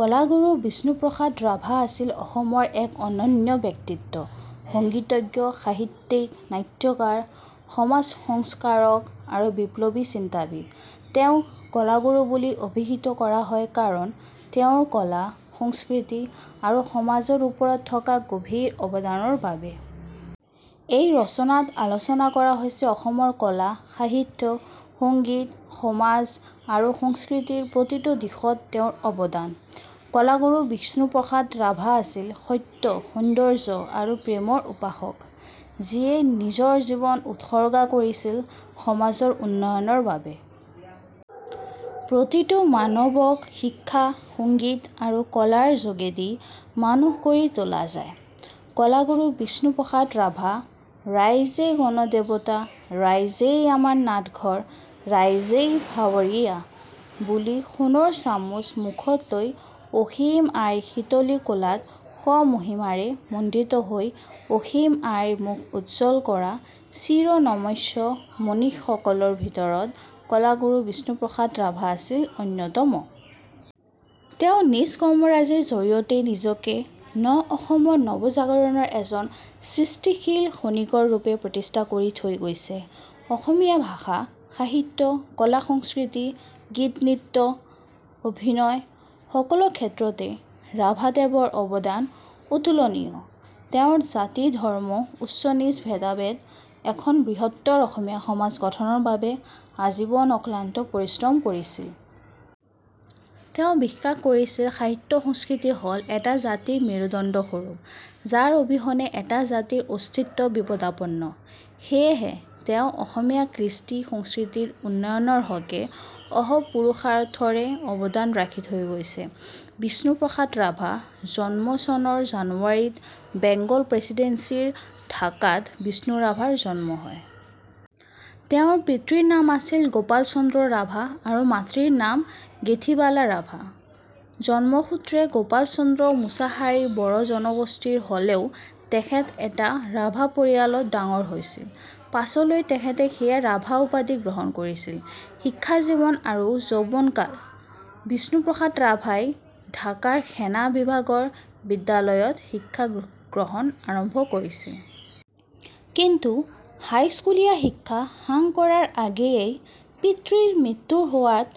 কলাগুৰু বিষ্ণু প্ৰসাদ ৰাভা আছিল অসমৰ এক অনন্য ব্যক্তিত্ব — সংগীতজ্ঞ, সাহিত্যিক, নাট্যকাৰ, সমাজসংস্কাৰক আৰু বিপ্লবী চিন্তাবিদ। তেওঁক "কলাগুৰু" বুলি অভিহিত কৰা হয় কাৰণ তেওঁৰ কলা, সংস্কৃতি আৰু সমাজৰ ওপৰত থকা গভীৰ অৱদানৰ বাবে। এই ৰচনাত আলোচনা কৰা হৈছে অসমৰ কলা, সাহিত্য, সংগীত, সমাজ, আৰু সংস্কৃতিৰ প্ৰতিটো দিশত তেওঁৰ অবদান। কলাগুৰু বিষ্ণু প্ৰসাদ ৰাভা আছিল "সত্য, সৌন্দৰ্য আৰু প্ৰেমৰ উপাসক", যিয়ে নিজৰ জীৱন উৎসৰ্গা কৰিছিল সমাজৰ উন্নয়নৰ বাবে। "প্ৰতিটো মানৱক শিক্ষা, সংগীত আৰু কলাৰ যোগেদি মানুহ কৰি তোলা যায়। "— কলাগুৰু বিষ্ণু প্ৰসাদ ৰাভা "ৰাইজে গণদেৱতা, ৰাইজেই আমাৰ নাটঘৰ, ৰাইজেই ভাৱঁৰীয়া"– বুলি সোণৰ চামুচ মুখত লৈ অসীম আইৰ শীতলী কোলাত স্ব-মহিমাৰে মণ্ডিত হৈ অসীম আইৰ মুখ উজ্জ্বল কৰা চিৰ নমস্য মনিষীসকলৰ ভিতৰত কলাগুৰু বিষ্ণু প্ৰসাদ ৰাভা আছিল অন্যতম। তেওঁ নিজ কৰ্মৰাজিৰ জড়িয়তে নিজকে ন অসমৰ নৱজাগৰণৰ এজন সৃষ্টিশীল খনিকৰ ৰূপে প্ৰতিষ্ঠা কৰি থৈ গৈছে। অসমীয়া ভাষা- সাহিত্য, কলা-সংস্কৃতি, গীত-নৃত্য, অভিনয় সকলো ক্ষেত্ৰতে ৰাভাদেৱৰ অৱদান অতুলনীয়। তেওঁ জাতি, ধৰ্ম, উচ্চ-নীচ ভেদা ভেদে এখন বৃহত্তৰ অসমীয়া সমাজ গঠনৰ বাবে আজীৱন অক্লান্ত পৰিশ্ৰম কৰিছিল। তেওঁ বিশ্বাস কৰিছিল সাহিত্য-সংস্কৃতি হ'ল এটা জাতিৰ মেৰুদণ্ডস্বৰূপ, যাৰ অবিহনে এটা জাতিৰ অস্তিত্ব বিপদাপন্ন। সেয়েহে তেওঁ অসমীয়া কৃষ্টি-সংস্কৃতিৰ উন্নয়নৰ হকে অহোপুৰুষাৰ্থৰে অৱদান ৰাখি থৈ গৈছে। বিষ্ণু প্ৰসাদ ৰাভা- জন্ম: চনৰ জানুৱাৰীত বেঙ্গল প্ৰেসিডেন্সি ৰ ঢাকাত বিষ্ণু ৰাভাৰ জন্ম হয়। তেওঁৰ পিতৃৰ নাম আছিল গোপাল চন্দ্ৰ ৰাভা আৰু মাতৃৰ নাম গেথীবালা ৰাভা। জন্মসূত্ৰে গোপাল চন্দ্ৰ মুছাহাৰী বড়ো জনগোষ্ঠীৰ হ'লেও তেখেত এটা ৰাভা পৰিয়ালত ডাঙৰ হৈছিল। পাছলৈ তেখেতে সেয়ে 'ৰাভা' উপাধি গ্ৰহণ কৰিছিল। শিক্ষাজীৱন আৰু যৌৱনকাল: বিষ্ণুপ্ৰসাদ ৰাভাই ঢাকাৰ সেনা বিভাগৰ বিদ্যালয়ত শিক্ষা গ্ৰহণ আৰম্ভ কৰিছিল। কিন্তু হাইস্কুলীয়া শিক্ষা সাং কৰাৰ আগেয়েই পিতৃৰ মৃত্যু হোৱাত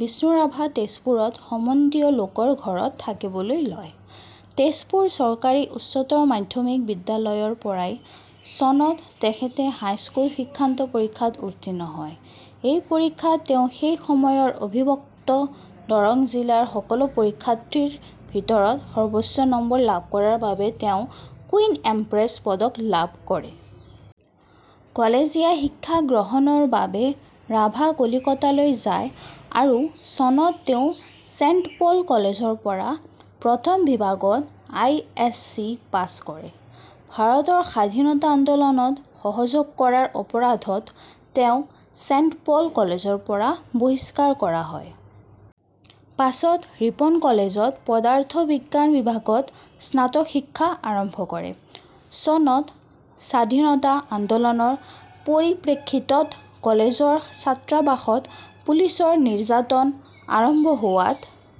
বিষ্ণু ৰাভা তেজপুৰত সম্বন্ধীয় লোকৰ ঘৰত থাকিবলৈ লয়। তেজপুৰ চৰকাৰী উচ্চতৰ মাধ্যমিক বিদ্যালয়ৰ পৰাই চনত তেখেতে হাইস্কুল শিক্ষান্ত পৰীক্ষাত উত্তীৰ্ণ হয়। এই পৰীক্ষাত তেওঁ সেই সময়ৰ অবিভক্ত দৰং জিলাৰ সকলো পৰীক্ষাৰ্থীৰ ভিতৰত সৰ্বোচ্চ নম্বৰ লাভ কৰাৰ বাবে তেওঁ 'কুইন এমপ্ৰেছ' পদক লাভ কৰে। কলেজীয়া শিক্ষা গ্ৰহণৰ বাবে ৰাভা কলিকতালৈ যায় আৰু চনত তেওঁ চেণ্টপল' কলেজৰ পৰা প্ৰথম বিভাগত আই এছ ছি পাছ কৰে।। ভাৰতৰ স্বাধীনতা আন্দোলনত সহযোগ কৰাৰ অপৰাধত তেওঁক চেণ্টপল' কলেজৰ পৰা বহিষ্কাৰ কৰা হয়। পাছত ৰিপন কলেজত পদাৰ্থ বিজ্ঞান বিভাগত স্নাতক শিক্ষা আৰম্ভ কৰে। চনত স্বাধীনতা আন্দোলনৰ পৰিপ্ৰেক্ষিতত কলেজৰ ছাত্ৰাবাসত পুলিচৰ নিৰ্যাতন আৰম্ভ হোৱাত